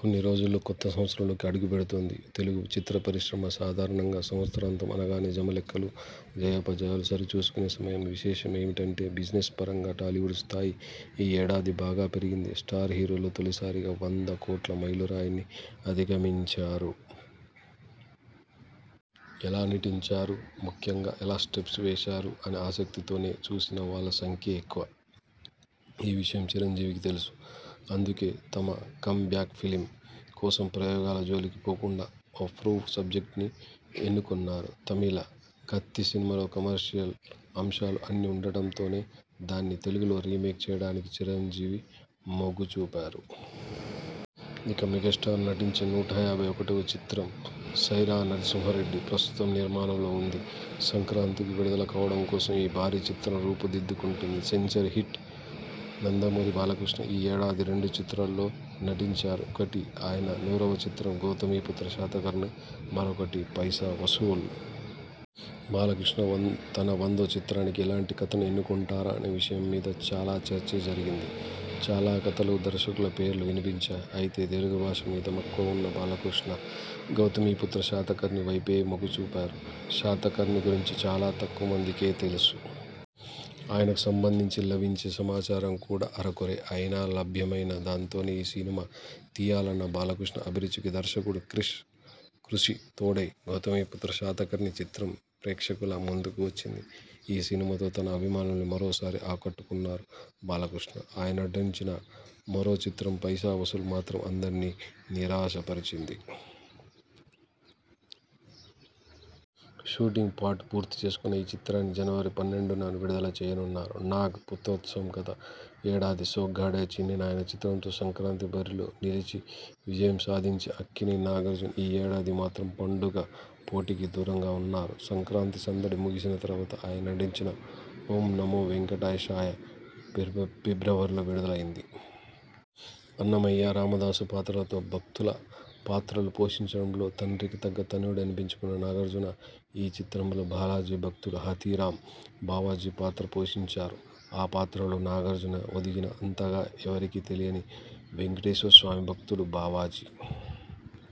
కొన్ని రోజుల్లో కొత్త సంవత్సరంలోకి అడుగుపెడుతోంది తెలుగు చిత్ర పరిశ్రమ. సాధారణంగా సంవత్సరాంతం అనగానే జమా లెక్కలు, జయా పజయాలు సరిచూసుకొనే సమయం. విశేషమేమిటంటే బిజినెస్ పరంగా టాలీవుడ్ స్థాయి ఈ ఏడాది బాగా పెరిగింది. 'స్టార్' హీరోలు తొలిసారిగా వంద కోట్ల మైలురాయిని అధిగమించారు. ఎలా నటించారు? ముఖ్యంగా ఎలా స్టెప్స్ వేశారు? అనే ఆసక్తితోనే చూసిన వాళ్ల సంఖ్యే ఎక్కువ. ఈ విషయం చిరంజీవికీ తెలుసు. అందుకే తన 'కమ్ బ్యాక్' ఫిల్మ్ కోసం ప్రయోగాల జోలికి పోకుండా ఓ ప్రూవ్డ్ సబ్జెక్ట్ని ఎన్నుకున్నారు. తమిళ 'కత్తి' సినిమాలో కమర్షియల్ అంశాలు అన్నీ ఉండడంతో దాన్నే తెలుగులో రీమేక్ చేయడానికి చిరంజీవి మొగ్గు చూపారు. ఇక మెగాస్టార్ నటించే నూట యాభై ఒకటివ చిత్రం 'సైరా నరసింహారెడ్డి' ప్రస్తుతం నిర్మాణంలో ఉంది. సంక్రాంతికి విడుదల కావడం కోసం ఈ భారీ చిత్రం రూపుదిద్దుకుంటోంది. సెంచరీ 'హిట్'నందమూరి బాలకృష్ణ ఈ ఏడాది రెండు చిత్రాల్లో నటించారు. ఒకటి ఆయన నూరవ చిత్రం 'గౌతమిపుత్ర శాతకర్ణి', మరొకటి 'పైసా వసూల్'. బాలకృష్ణ తన వందో చిత్రానికి ఎలాంటి కథను ఎన్నుకొంటారా అనే విషయం మీద చాలా చర్చే జరిగింది. చాలా కథలు, దర్శకుల పేర్లు వినిపించాయి. అయితే తెలుగు భాష మీద మక్కువ ఉన్న బాలకృష్ణ 'గౌతమిపుత్ర శాతకర్ణి' వైపే మొగ్గు చూపారు. శాతకర్ణి గురించి చాలా తక్కువ మందికే తెలుసు. ఆయనకు సంబంధించి లభించే సమాచారం కూడా అరకొరే. అయినా లభ్యమైన దాంతోనే ఈ సినిమా తీయాలన్న బాలకృష్ణ అభిరుచికి దర్శకుడు క్రిష్ కృషి తోడై 'గౌతమిపుత్ర శాతకర్ణి' చిత్రం ప్రేక్షకుల ముందుకు వచ్చింది. ఈ సినిమాతో తన అభిమానుల్ని మరోసారి ఆకట్టుకొన్నారు బాలకృష్ణ. ఆయన నటించిన మరో చిత్రం 'పైసా వసూల్' మాత్రం అందర్నీ నిరాశపరిచింది. షూటింగ్ పార్ట్ పూర్తి చేసుకొన్న ఈ చిత్రాన్ని జనవరి పన్నెండున విడుదల చేయనున్నారు. నాగ్ పుత్రోత్సాహం గత ఏడాది 'సోగ్గాడే చిన్ని నాయనా' చిత్రంతో సంక్రాంతి బరిలో నిలిచి విజయం సాధించిన అక్కినేని నాగార్జున ఈ ఏడాది మాత్రం పండుగ పోటీకి దూరంగా ఉన్నారు. సంక్రాంతి సందడి ముగిసిన తర్వాత ఆయన నటించిన 'ఓం నమో వేంకటేశాయ' ఫిబ్రవరిలో విడుదలైంది. 'అన్నమయ్య', 'రామదాసు' పాత్రలతో భక్తుల పాత్రలు పోషించడంలో తండ్రికి తగ్గ తనయుడనిపించుకొన్న నాగార్జున ఈ చిత్రంలో బాలాజీ భక్తుడు హాథీరామ్ బావాజీ పాత్ర పోషించారు. ఆ పాత్రలో నాగార్జున ఒదిగినా, అంతగా ఎవరికీ తెలియని వెంకటేశ్వర స్వామి భక్తుడు బావాజీ